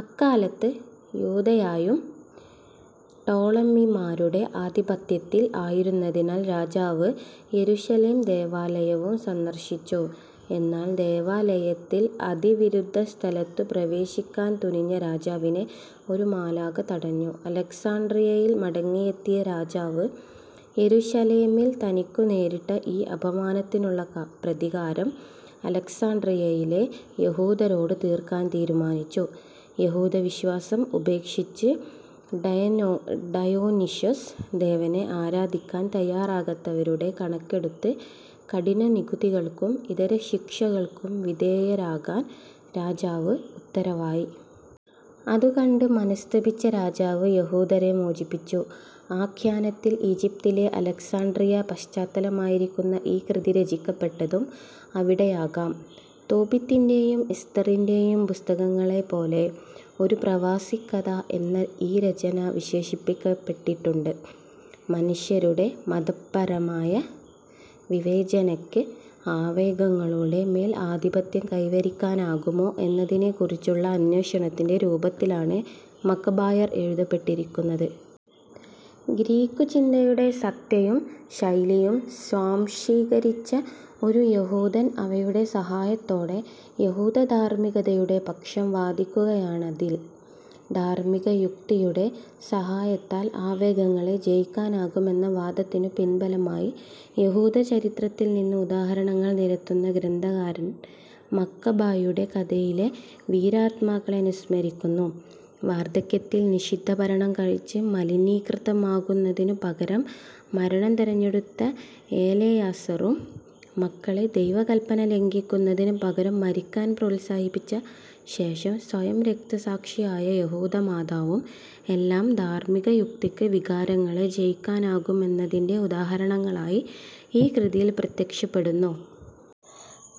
അക്കാലത്ത് യൂദയായും ടോളമിമാരുടെ ആധിപത്യത്തിൽ ആയിരുന്നതിനാൽ രാജാവ് യെരുശലേം ദേവാലയവും സന്ദർശിച്ചു. എന്നാൽ ദേവാലയത്തിൽ അതിവിശുദ്ധസ്ഥലത്തു പ്രവേശിക്കാൻ തുനിഞ്ഞ രാജാവിനെ ഒരു മാലാഖ തടഞ്ഞു. അലക്സാണ്ട്രിയയിൽ മടങ്ങിയെത്തിയ രാജാവ്, യെരുശലേമിൽ തനിക്കു നേരിട്ട ഈ അപമാനത്തിനുള്ള പ്രതികാരം അലക്സാണ്ട്രിയയിലെ യഹൂദരോടു തീർക്കാൻ തീരുമാനിച്ചു. യഹൂദവിശ്വാസം ഉപേക്ഷിച്ച് ഡയോനിഷ്യസ് ദേവനെ ആരാധിക്കാൻ തയ്യാറാകാത്തവരുടെ കണക്കെടുത്ത് കഠിനനികുതികൾക്കും ഇതര ശിക്ഷകൾക്കും വിധേയരാക്കാൻ രാജാവ് ഉത്തരവായി. അതു കണ്ട് മനസ്തപിച്ച് രാജാവ് യഹൂദരെ മോചിപ്പിച്ചു. ആഖ്യാനത്തിൽ ഈജിപ്തിലെ അലക്സാണ്ട്രിയ പശ്ചാത്തലമായിരിക്കുന്ന ഈ കൃതി രചിക്കപ്പെട്ടതും അവിടെയാകാം. തോബിത്തിന്റേയും എസ്തേറിന്റേയും പുസ്തകങ്ങളെപ്പോലെ ഒരു പ്രവാസിക്കഥ എന്നു ഈ രചന വിശേഷിപ്പിക്കപ്പെട്ടിട്ടുണ്ട്. മനുഷ്യരുടെ മതപ്രമായ വിവേചനയ്ക്ക് ആവേഗങ്ങളുടെ മേൽ ആധിപത്യം കൈവരിക്കാനാകുമോ എന്നതിനെക്കുറിച്ചുള്ള അന്വേഷണത്തിന്റെ രൂപത്തിലാണ് മക്കബായർ എഴുതപ്പെട്ടിരിക്കുന്നത്. ഗ്രീക്കു ചിന്തയുടെ സത്തയും ശൈലിയും സ്വാംശീകരിച്ച ഒരു യഹൂദൻ അവയുടെ സഹായത്തോടെ യഹൂദധാർമ്മികതയുടെ പക്ഷം വാദിക്കുകയാണിതിൽ. ധാർമ്മികയുക്തിയുടെ സഹായത്താൽ ആവേഗങ്ങളെ ജയിക്കാനാകുമെന്ന വാദത്തിനു പിൻബലമായി യഹൂദചരിത്രത്തിൽ നിന്ന് ഉദാഹരണങ്ങൾ നിരത്തുന്ന ഗ്രന്ഥകാരൻ മക്കബായരുടെ കഥയിലെ വീരാത്മാക്കളെ അനുസ്മരിക്കുന്നു. വാർദ്ധക്യത്തിൽ നിഷിദ്ധഭക്ഷണം കഴിച്ച് മലിനീകൃതനാകുന്നതിനു പകരം മരണം തെരഞ്ഞെടുത്ത എലെയാസറും, മക്കളെ ദൈവകല്പന ലംഘിക്കുന്നതിനു പകരം മരിക്കാൻ പ്രോത്സാഹിപ്പിച്ച ശേഷം സ്വയം രക്തസാക്ഷിയായ യഹൂദമാതാവും എല്ലാം, ധാർമ്മികയുക്തിയ്ക്ക് വികാരങ്ങളെ ജയിക്കാനാകുമെന്നതിന്റെ ഉദാഹരണങ്ങളായി ഈ കൃതിയിൽ പ്രത്യക്ഷപ്പെടുന്നു.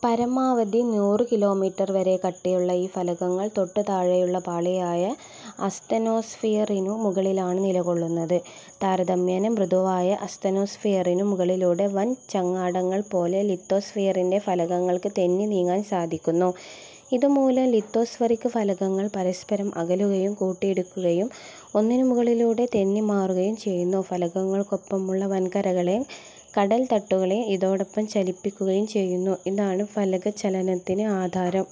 പരമാവധി നൂറു കിലോമീറ്റർ വരെ കട്ടിയുള്ള ഈ ഫലകങ്ങൾ തൊട്ടു താഴെയുള്ള പാളിയായ അസ്തെനോസ്ഫിയറിനു മുകളിലാണ് നിലകൊള്ളുന്നത്. താരതമ്യേന മൃദുവായ അസ്തെനോസ്ഫിയറിനു മുകളിലൂടെ വൻ ചങ്ങാടങ്ങൾ പോലെ ലിത്തോസ്ഫിയറിന്റെ ഫലകങ്ങൾക്ക് തെന്നി നീങ്ങാൻ സാധിക്കുന്നു. ഇതു മൂലം ലിത്തോസ്ഫെറിക് ഫലകങ്ങൾ പരസ്പരം അകലുകയും കൂട്ടിയിടിക്കുകയും ഒന്നിനു മുകളിലൂടെ തെന്നിമാറുകയും ചെയ്യുന്നു. ഫലകങ്ങളോടൊപ്പമുള്ള വൻകരകളേയും, കടൽത്തട്ടുകളേയും ഇതോടൊപ്പം ചലിപ്പിക്കുകയും ചെയ്യുന്നു. ഇതാണ് ഫലകചലനത്തിന് ആധാരം.